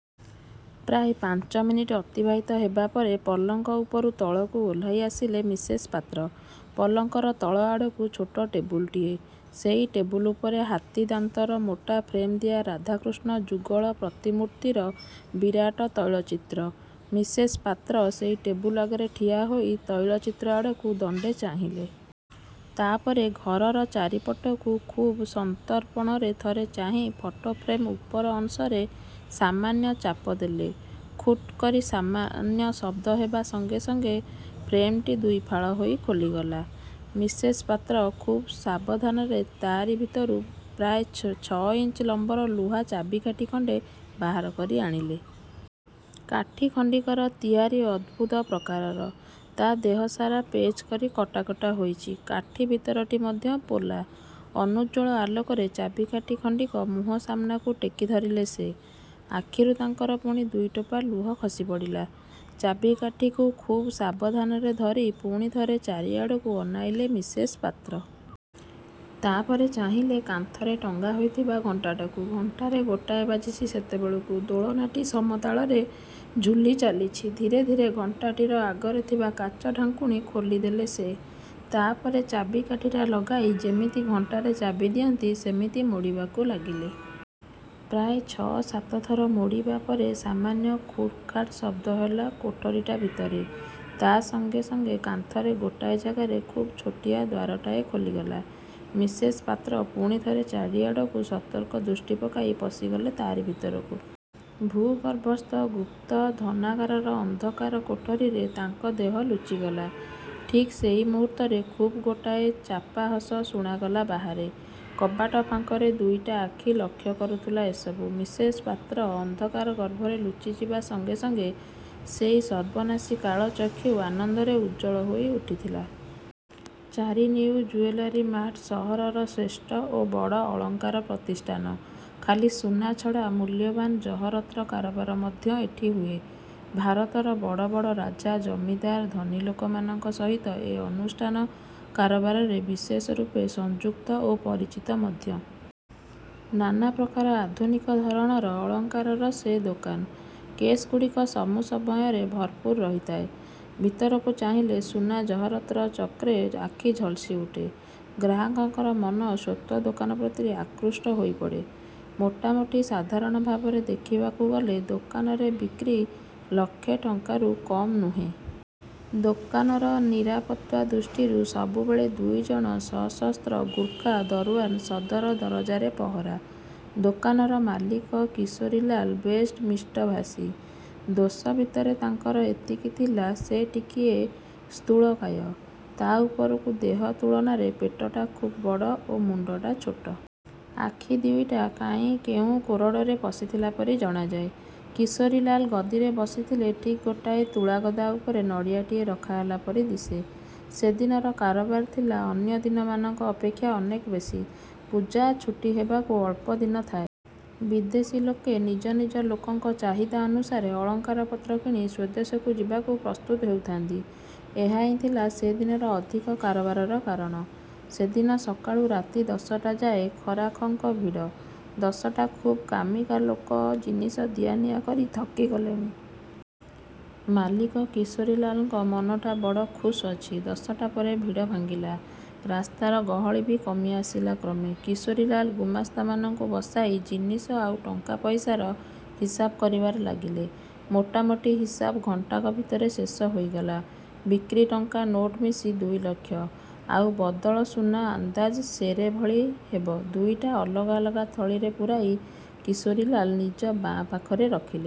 ପ୍ରାୟ ପାଞ୍ଚ ମିନିଟ୍ ଅତିବାହିତ ହେବା ପରେ ପଲଙ୍କ ଉପରୁ ତଳକୁ ଓହ୍ଲାଇ ଆସିଲେ ମିସେସ୍ ପାତ୍ର। ପଲଙ୍କର ତଳ ଆଡ଼କୁ ଛୋଟ ଟେବୁଲଟିଏ। ସେଇ ଟେବୁଲ ଉପରେ ହାତୀ ଦାନ୍ତର ମୋଟା ଫ୍ରେମ୍ଦିଆ ରାଧାକୃଷ୍ଣ ଯୁଗଳ ପ୍ରତିମୂର୍ତ୍ତିର ବିରାଟ ତୈଳଚିତ୍ର। ମିସେସ୍ ପାତ୍ର ସେଇ ଟେବୁଲ୍ ଆଗରେ ଠିଆ ହୋଇ ତୈଳଚିତ୍ର ଆଡ଼କୁ ଦଣ୍ଡେ ଚାହିଁଲେ। ତା'ପରେ ଘରର ଚାରିପଟକୁ ଖୁବ୍ ସନ୍ତର୍ପଣରେ ଥରେ ଚାହିଁ ଫଟୋ ଫ୍ରେମ୍ର ଉପର ଅଂଶରେ ସାମାନ୍ୟ ଚାପ ଦେଲେ। 'ଖୁଟ୍' କରି ସାମାନ୍ୟ ଶବ୍ଦ ହେବା ସଙ୍ଗେ ସଙ୍ଗେ ଫ୍ରେମ୍ଟି ଦୁଇଫାଳ ହୋଇ ଖୋଲିଗଲା-। ମିସେସ୍ ପାତ୍ର ଖୁବ୍ ସାବଧାନରେ ତା'ରି ଭିତରୁ ପ୍ରାୟ ଛଅଇଞ୍ଚ ଲମ୍ବର ଲୁହା ଚାବିକାଠି ଖଣ୍ଡେ ବାହାର କରି ଆଣିଲେ। କାଠି ଖଣ୍ଡିକର ତିଆରି ଅଦ୍ଭୁତ ପ୍ରକାରର। ତା' ଦେହସାରା ପେଚ ପରି କଟା କଟା ହୋଇଛି। କାଠି ଭିତରଟି ମଧ୍ୟ ପୋଲା। ଅନୁଜ୍ଜ୍ୱଳ ଆଲୋକରେ ଚାବିକାଠି ଖଣ୍ଡିକ ମୁହଁ ସାମନାକୁ ଟେକି ଧରିଲେ ସେ। ଆଖିରୁ ତାଙ୍କର ପୁଣି ଦୁଇଟୋପା ଲୁହ ଖସି ପଡ଼ିଲା-। ଚାବିକାଠିକୁ ଖୁବ୍ ସାବଧାନରେ ଧରି ପୁଣି ଥରେ ଚାରିଆଡ଼କୁ ଅନାଇଲେ ମିସେସ୍ ପାତ୍ର। ତା'ପରେ ଚାହିଁଲେ କାନ୍ଥରେ ଟଙ୍ଗା ହୋଇଥିବା ଘଣ୍ଟାଟାକୁ। ଘଣ୍ଟାରେ ଗୋଟାଏ ବାଜିଛି ସେତେବେଳକୁ। ଦୋଳନାଟି ସମତାଳରେ ଝୁଲି ଚାଲିଛି। ଧୀରେ ଧୀରେ ଘଣ୍ଟାଟିର ଆଗରେ ଥିବା କାଚ ଢାଙ୍କୁଣୀ ଖୋଲି ଦେଲେ ସେ। ତା'ପରେ ଚାବିକାଠିଟା ଲଗାଇ ଯେମିତି ଘଣ୍ଟାରେ ଚାବି ଦିଅନ୍ତି, ସେମିତି ମୋଡ଼ିବାକୁ ଲାଗିଲେ। ପ୍ରାୟ ଛଅ ସାତ ଥର ମୋଡ଼ିବା ପରେ ସାମାନ୍ୟ ଖୁଡ଼୍ ଖାଡ଼୍ ଶବ୍ଦହେଲା କୋଠରୀଟା ଭିତରେ। ତା' ସଙ୍ଗେ ସଙ୍ଗେ କାନ୍ଥର ଗୋଟାଏ ଜାଗାରେ ଖୁବ୍ ଛୋଟିଆ ଦ୍ୱାରଟାଏ ଖୋଲିଗଲା। ମିସେସ୍ ପାତ୍ର ପୁଣି ଥରେ ଚାରିଆଡ଼କୁ ସତର୍କ ଦୃଷ୍ଟି ପକାଇ ପଶିଗଲେ ତା'ରି ଭିତରକୁ। ଭୂ ଗର୍ଭସ୍ଥ ଗୁପ୍ତ ଧନାଗାରର ଅନ୍ଧକାର କୋଠରୀରେ ତାଙ୍କ ଦେହ ଲୁଚିଗଲା। ଠିକ୍ ସେଇ ମୁହୂର୍ତ୍ତରେ ଖୁବ୍ ଗୋଟାଏ ଚାପା ହସ ଶୁଣାଗଲା ବାହାରେ। କବାଟ ଫାଙ୍କରେ ଦୁଇଟା ଆଖି ଲକ୍ଷ୍ୟ କରୁଥିଲା ଏ ସବୁ। ମିସେସ୍ ପାତ୍ର ଅନ୍ଧକାର ଗର୍ଭରେ ଲୁଚିଯିବା ସଙ୍ଗେ ସଙ୍ଗେ ସେଇ ସର୍ବନାଶୀ କାଳଚକ୍ଷୁ ଆନନ୍ଦରେ ଉଜ୍ଜ୍ୱଳ ହୋଇ ଉଠିଥିଲା। -ଚାରି- ନିଉ ଜୁଏଲାରୀ ମାର୍ଟ ସହରର ଶ୍ରେଷ୍ଠ ଓ ବଡ଼ ଅଳଙ୍କାର ପ୍ରତିଷ୍ଠାନ। ଖାଲି ସୁନା ଛଡ଼ା ମୂଲ୍ୟବାନ ଜହରତ୍ର କାରବାର ମଧ୍ୟ ଏଠି ହୁଏ। ଭାରତର ବଡ଼ ବଡ଼ ରାଜା, ଜମିଦାର, ଧନୀଲୋକମାନଙ୍କ ସହିତ ଏ ଅନୁଷ୍ଠାନ କାରବାରରେ ବିଶେଷରୂପେ ସଂଯୁକ୍ତ ଓ ପରିଚିତ ମଧ୍ୟ। ନାନା ପ୍ରକାର ଆଧୁନିକ ଧରଣର ଅଳଙ୍କାରର ସେ ଦୋକାନ। କେଶ୍ଗୁଡ଼ିକ ସବୁ ସମୟରେ ଭରପୂର ରହିଥାଏ। ଭିତରକୁ ଚାହିଁଲେ ସୁନା ଜହରତ୍ର ଚକ୍ମକ୍ରେ ଆଖି ଝଲସି ଉଠେ; ଗ୍ରାହକର ମନ ସ୍ୱତଃ ଦୋକାନପ୍ରତି ଆକୃଷ୍ଟ ହୋଇପଡ଼େ। ମୋଟାମୋଟି ସାଧାରଣ ଭାବରେ ଦେଖିବାକୁ ଗଲେ ଦୋକାନରେ ବିକ୍ରୀ ଲକ୍ଷେ ଟଙ୍କାରୁ କମ୍ ନୁହେଁ। ଦୋକାନର ନିରାପତ୍ତା ଦୃଷ୍ଟିରୁ ସବୁବେଳେ ଦୁଇଜଣ ସଶସ୍ତ୍ର ଗୁର୍ଖା ଦରଓ୍ୱାନ୍ ସଦର ଦରଜାରେ ପହରା। ଦୋକାନର ମାଲିକ କିଶୋରୀଲାଲ ବେଶ୍ ମିଷ୍ଟଭାଷୀ। ଦୋଷ ଭିତରେ ତାଙ୍କର ଏତିକି ଥିଲା, ସେ ଟିକିଏ ସ୍ଥୂଳକାୟ। ତା' ଉପରକୁ ଦେହ ତୁଳନାରେ ପେଟଟା ଖୁବ୍ ବଡ଼ ଓ ମୁଣ୍ଡଟା ଛୋଟ। ଆଖି ଦୁଇଟା କାହିଁ କେଉଁ କୋରଡ଼ରେ ପଶିଥିଲା ପରି ଜଣାଯାଏ। କିଶୋରୀଲାଲ ଗଦିରେ ବସିଥିଲେ ଠିକ୍ ଗୋଟାଏ ତୁଳାଗଦା ଉପରେ ନଡ଼ିଆଟିଏ ରଖାହେଲା ପରି ଦିଶେ। ସେଦିନର କାରବାର ଥିଲା ଅନ୍ୟ ଦିନମାନଙ୍କ ଅପେକ୍ଷା ଅନେକ ବେଶୀ। ପୂଜା ଛୁଟି ହେବାକୁ ଅଳ୍ପ ଦିନ ଥାଏ। ବିଦେଶୀ ଲୋକେ ନିଜ ନିଜ ଲୋକଙ୍କ ଚାହିଦା ଅନୁସାରେ ଅଳଙ୍କାର ପତ୍ର କିଣି ସ୍ୱଦେଶକୁ ଯିବାକୁ ପ୍ରସ୍ତୁତ ହେଉଥାନ୍ତି। ଏହାହିଁ ଥିଲା ସେ ଦିନର ଅଧିକ କାରବାରର କାରଣ। ସେଦିନ ସକାଳୁ ରାତି ଦଶଟାଯାଏ ଗରାଖଙ୍କ ଭିଡ଼। ଦଶଟା ଖୁବ୍ କାମିକା ଲୋକ ଜିନିଷ ଦିଆ ନିଆ କରି ଥକି ଗଲେଣି। ମାଲିକ କିଶୋରୀଲାଲଙ୍କ ମନଟା ବଡ଼ ଖୁସ୍ ଅଛି। ଦଶଟା ପରେ ଭିଡ଼ ଭାଙ୍ଗିଲା। ରାସ୍ତାର ଗହଳି ବି କମି ଆସିଲା କ୍ରମେ। କିଶୋରୀଲାଲ ଗୁମାସ୍ତାମାନଙ୍କୁ ବସାଇ ଜିନିଷ ଆଉ ଟଙ୍କା ପଇସାର ହିସାବ କରିବାରେ ଲାଗିଲେ-। ମୋଟାମୋଟି ହିସାବ ଘଣ୍ଟାକ ଭିତରେ ଶେଷ ହୋଇଗଲା। ବିକ୍ରି ଟଙ୍କା ନୋଟ ମିଶି ଦୁଇଲକ୍ଷ, ଆଉ ବଦଳ ସୁନା ଅନ୍ଦାଜ ସେରେ ଭଳି ହେବ ଦୁଇଟା ଅଲଗା ଅଲଗା ଥଳିରେ ପୂରାଇ କିଶୋରୀଲାଲ ନିଜ ବାଆଁ ପାଖରେ ରଖିଲେ।